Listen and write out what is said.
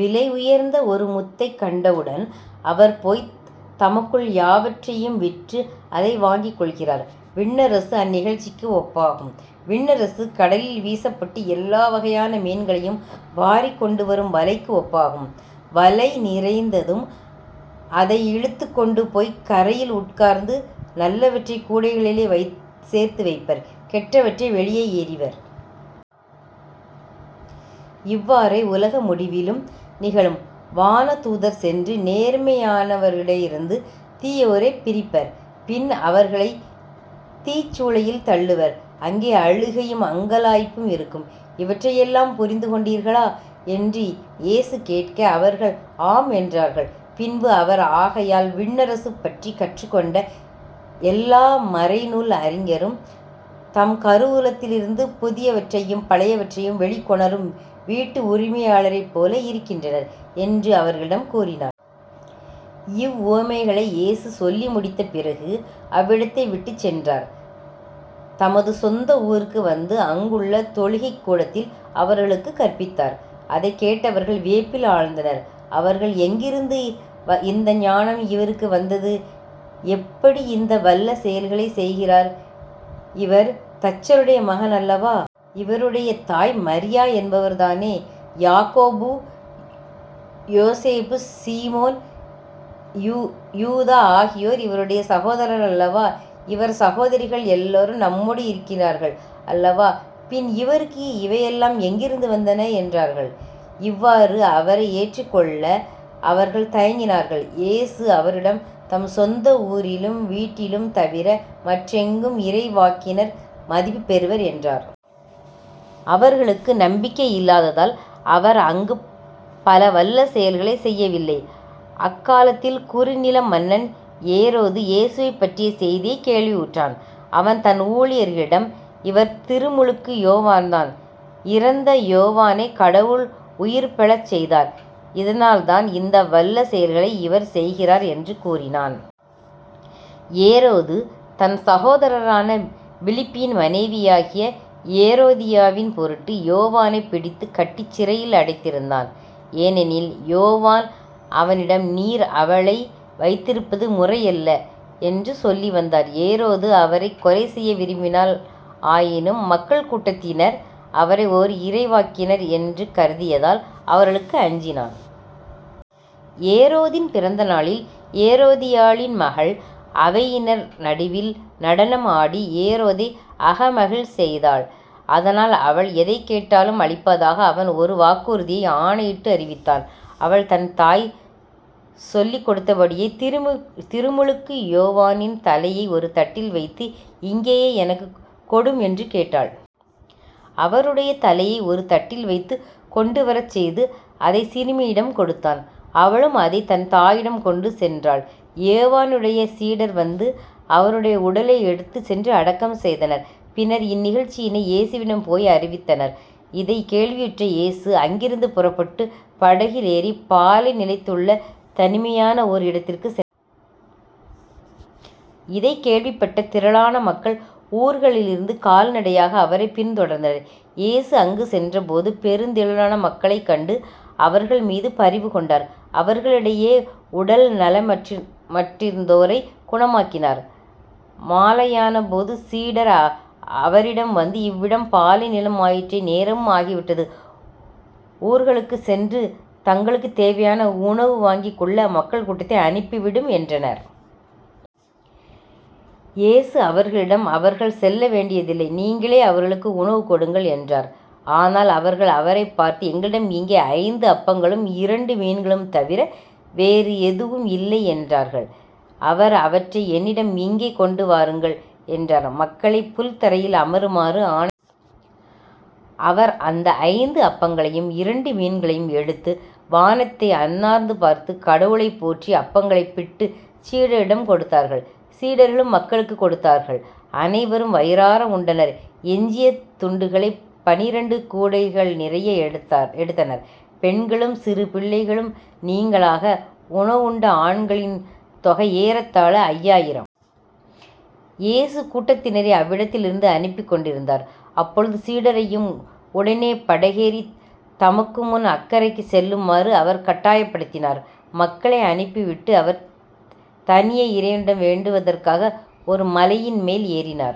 விலை உயர்ந்த ஒரு முத்தைக் கண்டவுடன் அவர் போய்த் தமக்குள் யாவற்றையும் விற்று அதை வாங்கிக்கொள்கிறார். விண்ணரசு அந்நிகழ்ச்சிக்கு ஒப்பாகும். விண்ணரசு கடலில் வீசப்பட்டு எல்லா வகையான மீன்களையும் வாரிக் கொண்டுவரும் வலைக்கு ஒப்பாகும். வலை நிறைந்ததும் அதை இழுத்துக்கொண்டு போய்க் கரையில் உட்கார்ந்து நல்லவற்றைக் கூடைகளில் சேர்த்து வைப்பர் கெட்டவற்றை வெளியே எறிவர். இவ்வாறே உலக முடிவிலும் நிகழும். வானதூதர் சென்று நேர்மையானவரிடையிருந்து தீயோரைப் பிரிப்பர். பின் அவர்களைத் தீச்சூளையில் தள்ளுவர். அங்கே அழுகையும் அங்கலாய்ப்பும் இருக்கும். இவற்றையெல்லாம் புரிந்து கொண்டீர்களா? என்று இயேசு கேட்க, அவர்கள் ஆம் என்றார்கள். பின்பு அவர் ஆகையால் விண்ணரசு பற்றிக் கற்றுக்கொண்ட எல்லா மறைநூல் அறிஞரும் தம் கருவூலத்திலிருந்து புதியவற்றையும் பழையவற்றையும் வெளிக்கொணரும் வீட்டு உரிமையாளரைப்போல் இருக்கின்றனர் என்று அவர்களிடம் கூறினார். இவ்வுவமைகளை இயேசு சொல்லி முடித்த பிறகு அவ்விடத்தை விட்டுச் சென்றார். தமது சொந்த ஊருக்கு வந்து அங்குள்ள தொழுகைக் கூடத்தில் அவர்களுக்குக் கற்பித்தார். அதைக் கேட்டவர்கள் வியப்பில் ஆழ்ந்தனர். அவர்கள் எங்கிருந்து இந்த ஞானம் இவருக்கு வந்தது? எப்படி இந்த வல்ல செயல்களைச் செய்கிறார்? இவர் தச்சருடைய மகன் அல்லவா? இவருடைய தாய் மரியா என்பவர்தானே? யாக்கோப்பு யோசேப்பு சீமோன் யூயூதா ஆகியோர் இவருடைய சகோதரர் அல்லவா? இவர் சகோதரிகள் எல்லாரும் நம்மோடு இருக்கிறார்கள் அல்லவா? பின் இவருக்கு இவையெல்லாம் எங்கிருந்து வந்தன? என்றார்கள். இவ்வாறு அவரை ஏற்றுக்கொள்ள அவர்கள் தயங்கினார்கள். இயேசு அவரிடம் தம் சொந்த ஊரிலும் வீட்டிலும் தவிர மற்றெங்கும் இறைவாக்கினர் மதிப்புப் பெறுவர் என்றார். அவர்களுக்கு நம்பிக்கை இல்லாததால் அவர் அங்குப் பல வல்ல செயல்களைச் செய்யவில்லை. அக்காலத்தில் குறுநில மன்னன் ஏரோது, இயேசுவைப்பற்றிய செய்தியைக் கேள்வியுற்றான். அவன் தன் ஊழியரிடம் இவர் திருமுழுக்கு யோவான்தான். இறந்த யோவானைக் கடவுள் உயிர்பெழச் செய்தார். இதனால்தான் இந்த வல்ல செயல்களை இவர் செய்கிறார் என்று கூறினான். ஏரோது தன் சகோதரனான பிலிப்பின் மனைவியாகிய ஏரோதியாவின் பொருட்டு யோவானைப் பிடித்துக் கட்டிச் சிறையில் அடைத்திருந்தான். ஏனெனில் யோவான் அவரிடம் நீர் அவளை வைத்திருப்பது முறையல்ல என்று சொல்லிவந்தார். ஏரோது அவரைக் கொலைசெய்ய விரும்பினால் ஆயினும் மக்கள் கூட்டத்தினர் அவரை ஓர் இறைவாக்கினர் எனக் கருதியதால் அவர்களுக்கு அஞ்சினான். ஏரோதின் பிறந்த நாளில் ஏரோதியாளின் மகள் அவையினர் நடுவில் நடனம் ஆடி ஏரோதை அகமகிழ்ச் செய்தாள். அதனால் அவள் எதைக் கேட்டாலும் அளிப்பதாக அவன் ஒரு வாக்குறுதியை ஆணையிட்டு அறிவித்தான். அவள் தன் தாய் சொல்லிக்கொடுத்தபடியே திருமுதிருமுழுக்கு யோவானின் தலையை ஒரு தட்டில் வைத்து இங்கேயே எனக்குக் கொடும் என்று கேட்டாள். அவருடைய தலையை ஒரு தட்டில் வைத்துக் கொண்டுவரச் செய்து அதைச் சிறுமியிடம் கொடுத்தான். அவளும் அதைத் தன் தாயிடம் கொண்டு சென்றாள். யோவானுடைய சீடர் வந்து அவருடைய உடலை எடுத்துச் சென்று அடக்கம் செய்தனர் பின்னர் இந்நிகழ்ச்சியினை இயேசுவிடம் போய் அறிவித்தனர். இதைக் கேள்வியுற்ற இயேசு அங்கிருந்து புறப்பட்டுப் படகிலேறிப் பாலைநிலத்துள்ள தனிமையான ஓர் இடத்திற்குச் சென் இதைக் கேள்விப்பட்ட திரளான மக்கள் ஊர்களிலிருந்து கால்நடையாக அவரைப் பின்தொடர்ந்தனர். இயேசு அங்குச் சென்றபோது பெருந்திரளான மக்களைக் கண்டு அவர்கள்மீது பரிவுகொண்டார் அவர்களிடையே உடல் நலமற்றிருந்தோரைக் குணமாக்கினார். மாலையானபோது சீடர் அவரிடம் வந்து இவ்விடம் பாலைநிலம் ஆயிற்றே நேரமும் ஆகிவிட்டது. ஊர்களுக்குச் சென்று தங்களுக்குத் தேவையான உணவு வாங்கிக்கொள்ள மக்கள் கூட்டத்தை அனுப்பிவிடும் என்றனர். இயேசு அவர்களிடம் அவர்கள் செல்ல வேண்டியதில்லை நீங்களே அவர்களுக்கு உணவு கொடுங்கள் என்றார். ஆனால் அவர்கள் அவரைப் பார்த்து எங்களிடம் இங்கே ஐந்து அப்பங்களும் இரண்டு மீன்களும் தவிர வேறு எதுவும் இல்லை என்றார்கள். அவர் அவற்றை என்னிடம் இங்கே கொண்டு வாருங்கள் என்றார். மக்களைப் புல்தரையில் அமருமாறு ஆணை. அவர் அந்த ஐந்து அப்பங்களையும் இரண்டு மீன்களையும் எடுத்து, வானத்தை அண்ணாந்து பார்த்து, கடவுளைப் போற்றி அப்பங்களைப் பிட்டுச் சீடர்களிடம் கொடுத்தார். சீடர்களும் மக்களுக்குக் கொடுத்தார்கள். அனைவரும் வயிறார உண்டனர். எஞ்சிய துண்டுகளைப் பனிரண்டு கூடைகள் நிறைய எடுத்தார் எடுத்தனர். பெண்களும் சிறு பிள்ளைகளும் நீங்கலாக உணவுண்ட ஆண்களின் தொகை ஏறத்தாழ ஐயாயிரம். இயேசு கூட்டத்தினரை அவ்விடத்திலிருந்து அனுப்பிக் கொண்டிருந்தார். அப்பொழுது சீடரையும் உடனே படகேறித் தமக்குமுன் அக்கரைக்குச் செல்லுமாறு அவர் கட்டாயப் படுத்தினார். மக்களை அனுப்பிவிட்டு, அவர் தனியே இறைவனிடம் வேண்டுவதற்காக ஒரு மலையின்மேல் ஏறினார்.